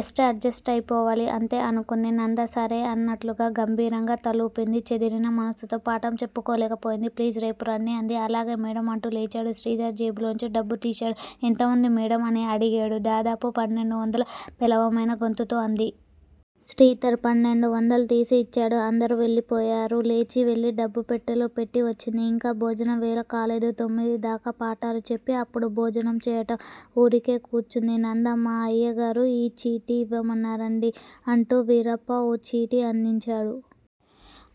ఎడ్ just అయిపోవాలి అంతే!! అనుకుంది నంద. సరే అన్నట్లుగా గంభీరంగా తలూపింది. చెదిరిన మనస్సుతో పాఠం చెప్పలేకపోయింది. ప్లీజ్! రేపురండీ! అంది. అలాగే మేడమ్! అంటూ లేచాడు. శ్రీధర్ జేబులోంచి డబ్బు తీశాడు. ఎంత వుంది మేడమ్! అని అడిగేడు. దాదాపు పన్నెండువందలు! పేలవమైన గొంతుతో అంది. శ్రీధర్ పన్నెండువందలూ తీసి యిచ్చాడు. అందరూ వెళ్ళిపోయారు. లేచి వెళ్ళి డబ్బు పెట్టెలో పెట్టి వచ్చింది. ఇంకా భోజనం వేళ కాలేదు. తొమ్మిది దాకా పాఠాలు చెప్పి అప్పుడు భోజనం చేయటం. ఊరికే కూర్చుంది నంద. మా అయ్యగారు ఈ చీటీ ఇవ్వమన్నారండీ అంటూ వీరప్ప ఓ చీటీ అందించాడు.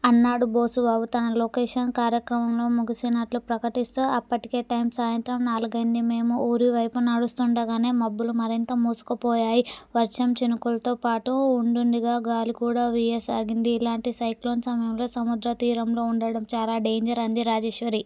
అన్నాడు బోసుబాబు తన లొకేషన్స్ కార్యక్రమం ముగిసినట్లు ప్రకటిస్తూ. అప్పటికే టైము సాయంత్రం నాలుగయింది. మేము ఊరివేపు నడుస్తూండగానే మబ్బులు మరింత మూసుకుపోయాయ్. వర్షపు చినుకులతో పాటు ఉండుండి గాలికూడా వీయసాగింది. ఇలాంటి సైక్లోన్ సమయాల్లో సముద్రపు తీరంలో ఉండడం చాలా డేంజర్- అంది రాజేశ్వరి.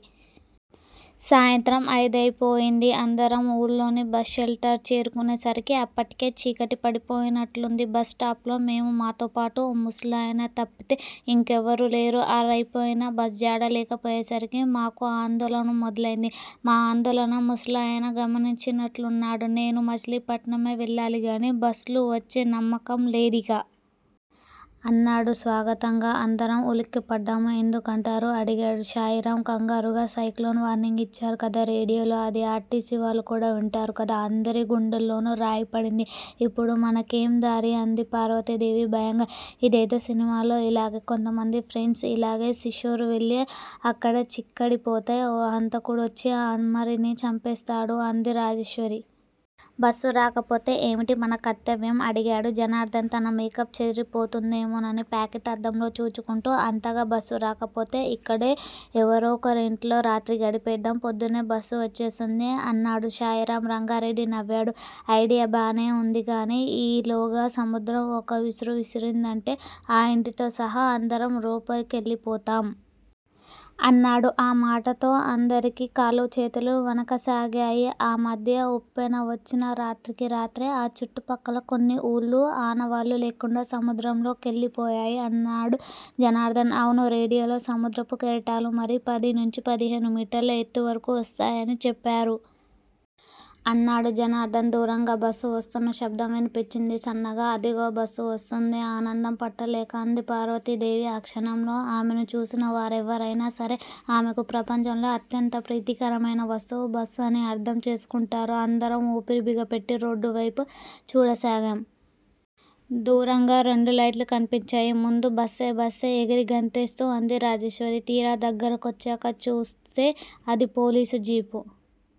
సాయంత్రం అయిదయిపోయింది. అందరం ఊళ్ళోని బస్ షెల్టర్ చేసుకునేసరికి అప్పటికే చీకటి పడిపోయినట్లుంది. బస్ స్టాప్ లో మేమూ, మాతోపాటు ఓ ముసలాయనా తప్పుతే ఇంకెవరూ లేరు. ఆరయిపోయినా బస్ జాడ లేకపోయేసరికి మాకు ఆందోళన మొదలయింది. మా ఆందోళన ముసలాయన గమనించినట్లున్నాడు. నేనూ మచిలీపట్నమే వెళ్ళాలి గానీ- బస్ లు వచ్చే నమ్మకం లేదిక! అన్నాడు స్వగతంగా. అందరం ఉలిక్కిపడ్డాము. ఎందుకంటారు? అడిగాడు శాయిరామ్ ఖంగారుగా. సైక్లోన్ వార్నింగ్ ఇచ్చారు కదా రేడియోలో? అదీ ఆర్టీసీ వాళ్ళు కూడా వింటారు కదా! అందరి గుండెల్లోనూ రాయిపడింది. ఇప్పుడు మనకేందారి? అంది పార్వతీదేవి భయంగా. అదేదో సినిమాలో ఇలాగే కొంతమంది ఫ్రెండ్స్ ఇలాగే సీషోర్ వెళ్ళి అక్కడ చిక్కడిపోతే ఓ హంతకుడొచ్చి అమరినీ చంపేస్తాడు- అంది రాజేశ్వరి. బస్ రాకపోతే ఏమిటి మన కర్తవ్యం? అడిగాడు జనార్ధన్ తన మేకప్ చెరగిపోయిందేమోనని పాకెట్ అద్దంలో చూచుకుంటూ. అంతగా బస్ రాకపోతే- ఇక్కడే ఎవరొకరింట్లో రాత్రి గడిపేద్దాం! పొద్దున్నే బస్ వచ్చేస్తుంది అన్నాడు శాయిరామ్. రంగారెడ్డి నవ్వాడు. అయిడియా బాగానే ఉంది గానీ ఈలోగా సముద్రం ఒక్క విసురు విసిరిందంటే ఆ ఇంటితో సహా అందరం లోపలికెళ్ళిపోతాం! అన్నాడు. ఆ మాటతో అందరికీ కాళ్ళూ చేతులు వణకసాగినయ్. ఆ మధ్య ఉప్పెనవచ్చి రాత్రికిరాత్రి ఆ చుట్టు పక్కల కొన్ని ఊళ్ళు ఆనవాల్లేకుండా సముద్రంలో కెళ్ళిపోయాయ్ అన్నాడు జనార్ధన్. అవును! రేడియోలో సముద్రపు కెరటాలు మరీ పది నుంచి పదిహేను మీటర్ల ఎత్తువరకు వస్తాయని చెప్పారు! అన్నాడు జనార్ధన్. దూరంగా బస్ వస్తున్న శబ్దం వినిపించింది సన్నగా. అదిగో! బస్సు వెళ్తోంది! ఆనందం పట్టలేక అంది పార్వతీదేవి. ఆ క్షణంలో ఆమెను చూసిన వారెవరయినా సరే- ఆమెకు ప్రపంచంలో అత్యంత ప్రీతికరమయిన వస్తువు 'బస్సు' అని అర్థం చేసుకుంటారు. అందరం ఊపిరి బిగపట్టి రోడ్ వైపు చూడసాగాం! దూరంగా రెండు లైట్లు కనిపించాయ్ ముందు. బస్సే-బస్సే ఎగిరి గంతేస్తూ అంది రాజేశ్వరి. తీరా దగ్గర కొచ్చాక చూస్తే అది పోలీస్ జీప్.